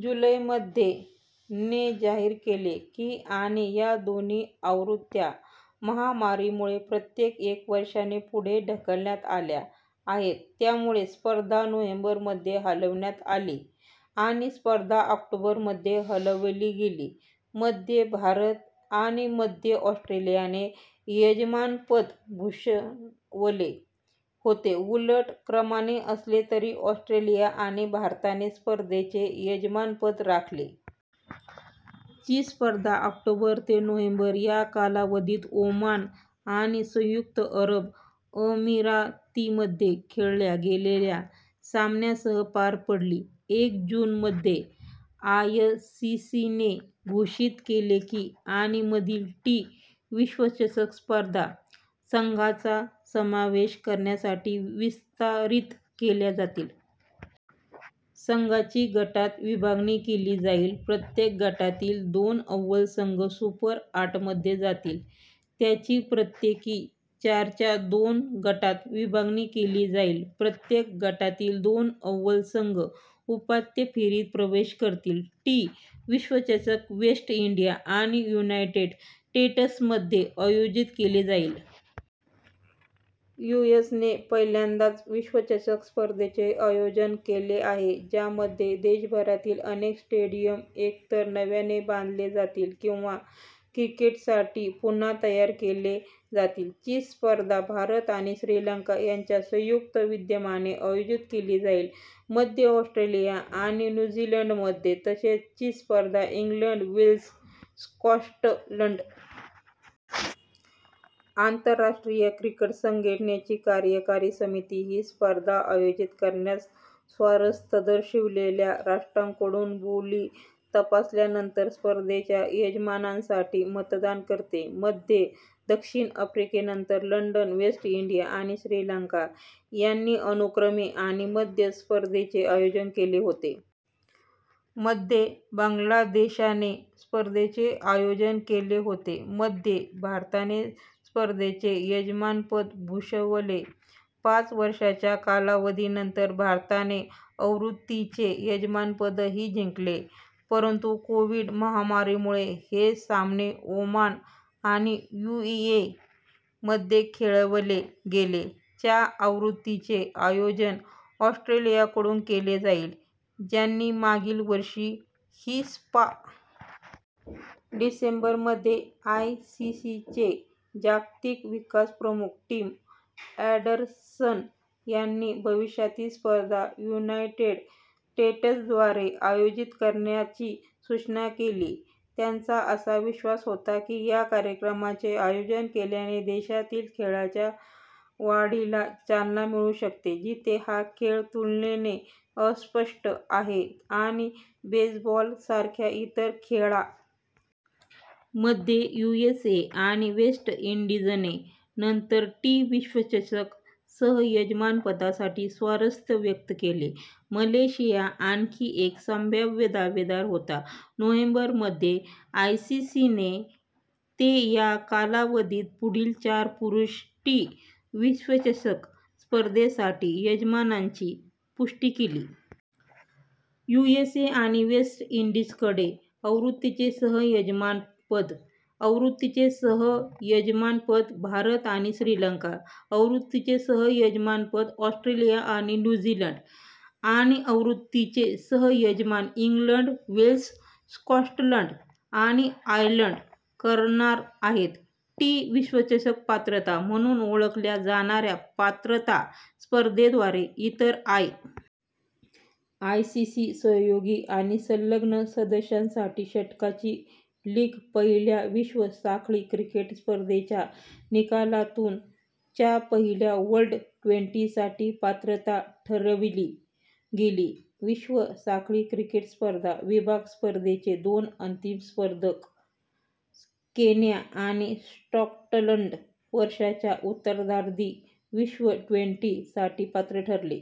जुलै मध्ये, ने जाहीर केले की आणि या दोन्ही आवृत्त्या महामारीमुळे प्रत्येकी एक वर्षाने पुढे ढकलण्यात आल्या आहेत. त्यामुळे, स्पर्धा नोव्हेंबर मध्ये हलविण्यात आली आणि स्पर्धा ऑक्टोबर मध्ये हलवली गेली. मध्ये भारत आणि मध्ये ऑस्ट्रेलियाने यजमानपद भूषवले होते, उलट क्रमाने असले तरी ऑस्ट्रेलिया आणि भारताने स्पर्धेचे यजमानपद राखले. ची स्पर्धा ऑक्टोबर ते नोव्हेंबर या कालावधीत ओमान आणि संयुक्त अरब अमिरातीमध्ये खेळल्या गेलेल्या सामन्यांसह पार पडली.। जून मध्ये, आयसीसीने घोषित केले की,, आणि मधील टी विश्वचषक स्पर्धा संघांचा समावेश करण्यासाठी विस्तारित केल्या जातील. संघांची गटात विभागणी केली जाईल, प्रत्येक गटातील दोन अव्वल संघ सुपर आठमध्ये जातील. त्यांची प्रत्येकी चारच्या दोन गटात विभागणी केली जाईल, प्रत्येक गटातील दोन अव्वल संघ उपांत्य फेरीत प्रवेश करतील. टी विश्वचषक वेस्ट इंडीज आणि युनायटेड स्टेट्समध्ये आयोजित केला जाईल. यूएसने पहिल्यांदाच विश्वचषक स्पर्धेचे आयोजन केले आहे, ज्यामध्ये देशभरातील अनेक स्टेडियम एकतर नव्याने बांधले जातील किंवा क्रिकेटसाठी पुन्हा तयार केले जातील. ची स्पर्धा भारत आणि श्रीलंका यांच्या संयुक्त विद्यमाने आयोजित केली जाईल, मध्ये ऑस्ट्रेलिया आणि न्यू झीलंडमध्ये तसेच ची स्पर्धा इंग्लंड, वेल्स, स्कॉटलंड आणि आयर्लंडमध्ये होईल. आंतरराष्ट्रीय क्रिकेट संघटनेची कार्यकारी समिती ही स्पर्धा आयोजित करण्यात स्वारस्य दर्शविलेल्या राष्ट्रांकडून बोली तपासल्यानंतर स्पर्धेच्या यजमानांसाठी मतदान करते. मध्ये दक्षिण आफ्रिकेनंतर, इंग्लंड, वेस्ट इंडीज आणि श्रीलंका यांनी अनुक्रमे, आणि मध्ये स्पर्धेचे आयोजन केले होते. मध्ये बांगलादेशने स्पर्धेचे आयोजन केले होते. मध्ये भारताने स्पर्धेचे यजमानपद भूषवले. पाच वर्षांच्या कालावधीनंतर, भारताने आवृत्तीचे यजमानपदही जिंकले, परंतु कोविड- महामारीमुळे हे सामने ओमान आणि युएई मध्ये खेळवले गेले. च्या आवृत्तीचे आयोजन ऑस्ट्रेलियाकडून केले जाईल, ज्यांनी मागील वर्षी ही स्पर्धा जिंकली होती. डिसेंबर मध्ये, आयसीसीचे जागतिक विकास प्रमुख, टिम अँडरसन यांनी भविष्यातील स्पर्धा युनायटेड स्टेट्सद्वारे आयोजित करण्याची सूचना केली. त्यांचा असा विश्वास होता की या कार्यक्रमाचे आयोजन केल्याने देशातील खेळाच्या वाढीला चालना मिळू शकते, जिथे हा खेळ तुलनेने अस्पष्ट आहे आणि बेसबॉल सारख्या इतर खेळांच्या स्पर्धेला सामोरे जावे लागते. मध्ये, यूएसए आणि वेस्ट इंडीजने नंतर टी विश्वचषक सह-यजमानपदासाठी स्वारस्य व्यक्त केले, मलेशिया आणखी एक संभाव्य दावेदार होता. नोव्हेंबर मध्ये, आयसीसीने ते या कालावधीत पुढील चार पुरुष टी विश्वचषक स्पर्धेसाठी यजमानांची पुष्टी केली. यूएसए आणि वेस्ट इंडीजकडे आवृत्तीचे सह-यजमानपद, आवृत्तीचे सह-यजमानपद भारत आणि श्रीलंका, आवृत्तीचे सह-यजमानपद ऑस्ट्रेलिया आणि न्यू झीलंड आणि आवृत्तीचे सह-यजमान इंग्लंड, वेल्स, स्कॉटलंड आणि आयर्लंड करणार आहेत. टी विश्वचषक पात्रता म्हणून ओळखल्या जाणार्या पात्रता स्पर्धेद्वारे इतर आयसीसी सदस्यांनी भरलेल्या उर्वरित जागांसह, सर्व आयसीसी संपूर्ण सदस्य स्पर्धेसाठी आपोआप पात्र ठरतात. आयसीसी सहयोगी आणि संलग्न सदस्यांसाठी षटकांची लीग पहिल्या विश्व साखळी क्रिकेट स्पर्धेच्या निकालातून च्या पहिल्या वर्ल्ड ट्वेंटी साठी पात्रता ठरवली गेली. विश्व साखळी क्रिकेट स्पर्धा विभाग स्पर्धेचे दोन अंतिम स्पर्धक, केन्या आणि स्कॉटलंड, वर्षाच्या उत्तरार्धात विश्व ट्वेंटी साठी पात्र ठरले.